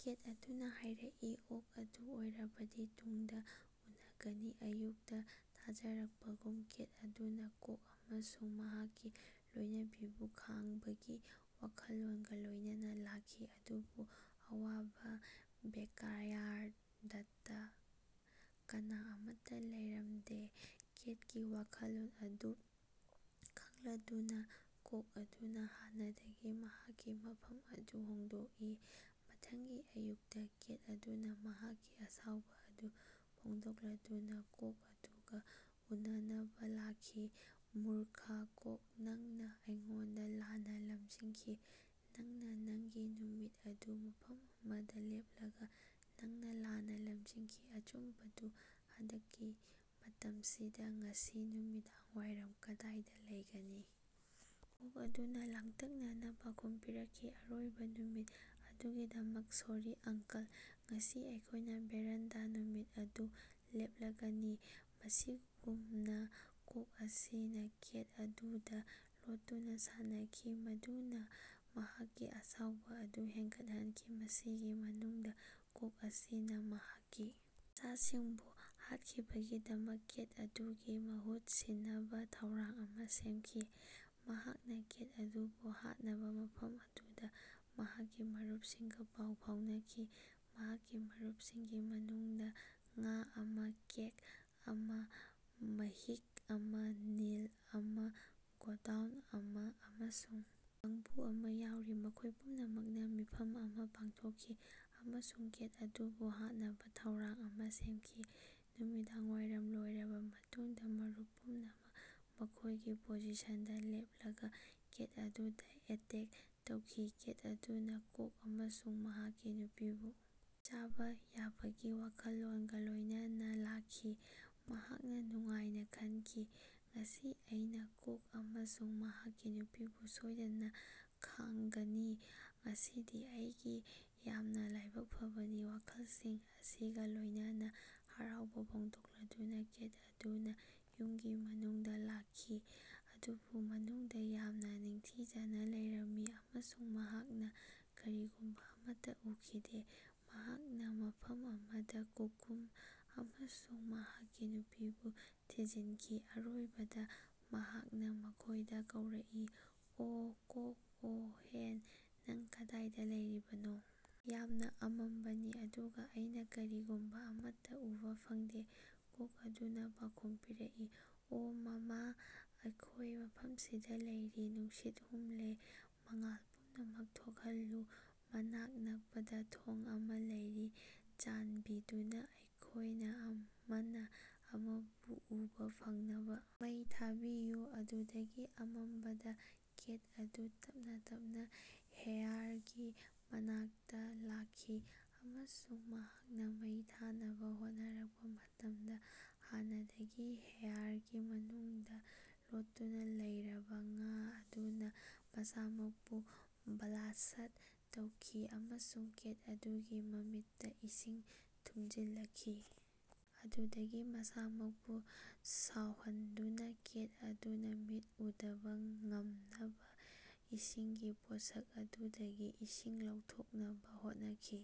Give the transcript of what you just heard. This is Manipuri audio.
ꯀꯦꯠ ꯑꯗꯨꯅꯥ ꯍꯥꯏꯔꯛꯏ ꯑꯣꯛ ꯑꯗꯨ ꯑꯣꯏꯔꯕꯗꯤ ꯇꯨꯡꯗꯥ ꯎꯅꯒꯅꯤ꯫ ꯑꯌꯨꯛꯇꯥ ꯊꯥꯖꯔꯛꯄꯒꯨꯝ ꯀꯦꯠ ꯑꯗꯨꯅꯥ ꯀꯣꯛ ꯑꯃꯁꯨꯡ ꯃꯍꯥꯛꯀꯤ ꯂꯣꯏꯅꯕꯤꯕꯨ ꯈꯥꯡꯕꯒꯤ ꯋꯥꯈꯜꯂꯣꯟꯒꯥ ꯂꯣꯏꯅꯅꯥ ꯂꯥꯛꯈꯤ꯫ ꯑꯗꯨꯕꯨ ꯑꯋꯥꯕꯥ ꯕꯦꯀꯌꯥꯔꯗꯇꯥ ꯀꯅꯥ ꯑꯃꯠꯇꯥ ꯂꯩꯔꯝꯗꯦ꯫ ꯀꯦꯠꯀꯤ ꯋꯥꯈꯜꯂꯣꯟ ꯑꯗꯨ ꯈꯪꯂꯗꯨꯅꯥ ꯀꯣꯛ ꯑꯗꯨꯅꯥ ꯍꯥꯟꯅꯗꯒꯤ ꯃꯍꯥꯛꯀꯤ ꯃꯐꯝ ꯑꯗꯨ ꯍꯣꯡꯗꯣꯛꯏ꯫ ꯃꯊꯪꯒꯤ ꯑꯌꯨꯛꯇꯥ ꯀꯦꯠ ꯑꯗꯨꯅꯥ ꯃꯍꯥꯛꯀꯤ ꯑꯁꯥꯎꯕꯥ ꯑꯗꯨ ꯐꯣꯡꯗꯣꯛꯂꯗꯨꯅꯥ ꯀꯣꯛ ꯑꯗꯨꯒꯥ ꯎꯅꯅꯕꯥ ꯂꯥꯛꯈꯤ ꯃꯨꯔꯈ ꯀꯣꯛ ꯅꯪꯅꯥ ꯑꯩꯉꯣꯟꯗꯥ ꯂꯥꯟꯅꯥ ꯂꯝꯖꯤꯡꯈꯤ ꯅꯪꯅꯥ ꯅꯉꯒꯤ ꯅꯨꯃꯤꯠ ꯑꯗꯨ ꯃꯐꯝ ꯑꯃꯗꯥ ꯂꯦꯞꯂꯒꯥ ꯅꯪꯅꯥ ꯂꯥꯟꯅꯥ ꯂꯝꯖꯤꯡꯈꯤ꯫ ꯑꯆꯨꯝꯕꯗꯨ ꯍꯟꯗꯛꯀꯤ ꯃꯇꯝꯁꯤꯗꯥ ꯉꯁꯤ ꯅꯨꯃꯤꯗꯥꯡꯋꯥꯏꯔꯝ ꯀꯗꯥꯏꯗꯥ ꯂꯩꯒꯅꯤ? ꯀꯣꯛ ꯑꯗꯨꯅꯥ ꯂꯥꯡꯇꯛꯅꯅꯥ ꯄꯥꯎꯈꯨꯝ ꯄꯤꯔꯛꯈꯤ ꯑꯔꯣꯏꯕꯥ ꯅꯨꯃꯤꯠ ꯑꯗꯨꯒꯤꯗꯃꯛ ꯁꯣꯔꯤ ꯑꯥꯡꯀꯜ ꯉꯁꯤ ꯑꯩꯈꯣꯏꯅꯥ ꯚꯦꯔꯥꯟꯗꯥ ꯅꯨꯃꯤꯠ ꯑꯗꯨ ꯂꯦꯞꯂꯒꯅꯤ꯫ ꯃꯁꯤꯒꯨꯝꯅꯥ ꯀꯣꯛ ꯑꯁꯤꯅꯥ ꯀꯦꯠ ꯑꯗꯨꯗꯥ ꯂꯣꯠꯇꯨꯅꯥ ꯁꯥꯟꯅꯈꯤ ꯃꯗꯨꯅꯥ ꯃꯍꯥꯛꯀꯤ ꯑꯁꯥꯎꯕꯥ ꯑꯗꯨ ꯍꯦꯟꯒꯠꯍꯟꯈꯤ꯫ ꯃꯁꯤꯒꯤ ꯃꯅꯨꯡꯗꯥ ꯀꯣꯛ ꯑꯁꯤꯅꯥ ꯃꯍꯥꯛꯀꯤ ꯃꯆꯥꯁꯤꯡꯕꯨ ꯍꯥꯠꯈꯤꯕꯒꯤꯗꯃꯛ ꯀꯦꯠ ꯑꯗꯨꯒꯤ ꯃꯍꯨꯠ ꯁꯤꯟꯅꯕꯥ ꯊꯧꯔꯥꯡ ꯑꯃꯥ ꯁꯦꯝꯈꯤ꯫ ꯃꯍꯥꯛꯅꯥ ꯀꯦꯠ ꯑꯗꯨꯕꯨ ꯍꯥꯠꯅꯕꯥ ꯃꯐꯝ ꯑꯗꯨꯗꯥ ꯃꯍꯥꯛꯀꯤ ꯃꯔꯨꯞꯁꯤꯡꯒꯥ ꯄꯥꯎ ꯐꯥꯎꯅꯈꯤ꯫ ꯃꯍꯥꯛꯀꯤ ꯃꯔꯨꯞꯁꯤꯡꯒꯤ ꯃꯅꯨꯡꯗꯥ ꯉꯥ ꯑꯃꯥ ꯀꯦꯛ ꯑꯃꯥ ꯃꯍꯤꯛ ꯑꯃꯥ ꯅꯤꯜ ꯑꯃꯥ ꯒꯣꯗꯥꯎꯟ ꯑꯃꯥ ꯑꯃꯁꯨꯡ ꯀꯥꯡꯕꯨ ꯑꯃꯥ ꯌꯥꯎꯔꯤ꯫ ꯃꯈꯣꯏ ꯄꯨꯝꯅꯃꯛꯅꯥ ꯃꯤꯐꯝ ꯑꯃꯥ ꯄꯥꯡꯊꯣꯛꯈꯤ ꯑꯃꯁꯨꯡ ꯀꯦꯠ ꯑꯗꯨꯕꯨ ꯍꯥꯠꯅꯕꯥ ꯊꯧꯔꯥꯡ ꯑꯃꯥ ꯁꯦꯝꯈꯤ꯫ ꯅꯨꯃꯤꯗꯥꯡꯋꯥꯏꯔꯝ ꯂꯣꯏꯔꯕꯥ ꯃꯇꯨꯡꯗꯥ ꯃꯔꯨꯞ ꯄꯨꯝꯅꯃꯛ ꯃꯈꯣꯏꯒꯤ ꯄꯣꯖꯤꯁꯟꯗꯥ ꯂꯦꯞꯂꯒꯥ ꯀꯦꯠ ꯑꯗꯨꯗꯥ ꯑꯦꯇꯦꯛ ꯇꯧꯈꯤ꯫ ꯀꯦꯠ ꯑꯗꯨꯅꯥ ꯀꯣꯛ ꯑꯃꯁꯨꯡ ꯃꯍꯥꯛꯀꯤ ꯅꯨꯄꯤꯕꯨ ꯆꯥꯕꯥ ꯌꯥꯕꯒꯤ ꯋꯥꯈꯜꯂꯣꯟꯒꯥ ꯂꯣꯏꯅꯅꯥ ꯂꯥꯛꯈꯤ꯫ ꯃꯍꯥꯛꯅꯥ ꯅꯨꯡꯉꯥꯏꯅꯥ ꯈꯟꯈꯤ ꯉꯁꯤ ꯑꯩꯅꯥ ꯀꯣꯛ ꯑꯃꯁꯨꯡ ꯃꯍꯥꯛꯀꯤ ꯅꯨꯄꯤꯕꯨ ꯁꯣꯏꯗꯅꯥ ꯈꯥꯡꯒꯅꯤ ꯉꯁꯤꯗꯤ ꯑꯩꯒꯤ ꯌꯥꯝꯅꯥ ꯂꯥꯏꯕꯛ ꯐꯕꯅꯤ꯫ ꯋꯥꯈꯜꯁꯤꯡ ꯑꯁꯤꯒꯥ ꯂꯣꯏꯅꯅꯥ ꯍꯔꯥꯎꯕꯥ ꯐꯣꯡꯗꯣꯛꯂꯗꯨꯅꯥ ꯀꯦꯠ ꯑꯗꯨ ꯌꯨꯝꯒꯤ ꯃꯅꯨꯡꯗꯥ ꯂꯥꯛꯈꯤ꯫ ꯑꯗꯨꯕꯨ ꯃꯅꯨꯡꯗꯥ ꯌꯥꯝꯅꯥ ꯅꯤꯡꯊꯤꯖꯅꯥ ꯂꯩꯔꯝꯃꯤ ꯑꯃꯁꯨꯡ ꯃꯍꯥꯛꯅꯥ ꯀꯔꯤꯒꯨꯝꯕꯥ ꯑꯃꯠꯇꯥ ꯎꯈꯤꯗꯦ꯫ ꯃꯍꯥꯛꯅꯥ ꯃꯐꯝ ꯑꯃꯗꯥ ꯀꯨꯀꯨꯝ ꯑꯃꯁꯨꯡ ꯃꯍꯥꯛꯀꯤ ꯅꯨꯄꯤꯕꯨ ꯊꯤꯖꯤꯟꯈꯤ꯫ ꯑꯔꯣꯏꯕꯗꯥ ꯃꯍꯥꯛꯅꯥ ꯃꯈꯣꯏꯗꯥ ꯀꯧꯔꯀꯏ ꯑꯣ ꯀꯣꯛ ꯑꯣ ꯍꯦꯟ ꯅꯪ ꯀꯗꯥꯏꯗꯥ ꯂꯩꯔꯤꯕꯅꯣ? ꯌꯥꯝꯅꯥ ꯑꯃꯝꯕꯅꯤ ꯑꯗꯨꯒꯥ ꯑꯩꯅꯥ ꯀꯔꯤꯒꯨꯝꯕꯥ ꯑꯃꯠꯇꯥ ꯎꯕꯥ ꯐꯪꯗꯦ ꯀꯣꯛ ꯑꯗꯨꯅꯥ ꯄꯥꯎꯈꯨꯝ ꯄꯤꯔꯛꯏ ꯑꯣ ꯃꯥꯃꯥ ꯑꯩꯈꯣꯏ ꯃꯐꯝꯁꯤꯗꯥ ꯂꯩꯔꯤ ꯅꯨꯡꯁꯤꯠ ꯍꯨꯝꯂꯦ꯫ ꯃꯉꯥꯜ ꯄꯨꯝꯅꯃꯛ ꯊꯣꯛꯍꯜꯂꯨ ꯃꯅꯥꯛ ꯅꯛꯄꯗꯥ ꯊꯣꯡ ꯑꯃꯥ ꯂꯩꯔꯤ ꯆꯥꯟꯕꯤꯗꯨꯅꯥ ꯑꯩꯈꯣꯏꯅꯥ ꯑꯃꯅꯥ ꯑꯃꯕꯨ ꯎꯕꯥ ꯐꯪꯅꯕꯥ ꯃꯩ ꯊꯥꯕꯤꯌꯨ꯫ ꯑꯗꯨꯗꯒꯤ ꯑꯃꯝꯕꯗꯥ ꯀꯦꯠ ꯑꯗꯨ ꯇꯞꯅꯥ ꯇꯞꯅꯥ ꯍꯦꯌꯥꯔꯒꯤ ꯃꯅꯥꯛꯇꯥ ꯂꯥꯛꯈꯤ ꯑꯃꯁꯨꯡ ꯃꯍꯥꯛꯅꯥ ꯃꯩ ꯊꯥꯅꯕꯥ ꯍꯣꯠꯅꯔꯛꯄꯥ ꯃꯇꯝꯗꯥ ꯍꯥꯟꯅꯗꯒꯤ ꯍꯦꯌꯥꯔꯒꯤ ꯃꯅꯨꯡꯗꯥ ꯂꯣꯠꯇꯨꯅꯥ ꯂꯩꯔꯕꯥ ꯉꯥ ꯑꯗꯨꯅꯥ ꯃꯁꯥꯃꯛꯄꯨ ꯕ꯭ꯂꯥꯁ꯭ꯠ ꯇꯧꯈꯤ ꯑꯃꯁꯨꯡ ꯀꯦꯠ ꯑꯗꯨꯒꯤ ꯃꯃꯤꯠꯇꯥ ꯏꯁꯤꯡ ꯊꯨꯃꯖꯤꯜꯂꯛꯈꯤ꯫ ꯑꯗꯨꯗꯒꯤ ꯃꯁꯥꯃꯛꯄꯨ ꯁꯥꯎꯍꯟꯗꯨꯅꯥ ꯀꯦꯠ ꯑꯗꯨꯅꯥ ꯃꯤꯠ ꯎꯗꯕꯥ ꯉꯝꯅꯕꯥ ꯏꯁꯤꯡꯒꯤ ꯄꯣꯠꯁꯛ ꯑꯗꯨꯗꯒꯤ ꯏꯁꯤꯡ ꯂꯧꯊꯣꯛꯅꯕꯥ ꯍꯣꯠꯅꯈꯤ꯫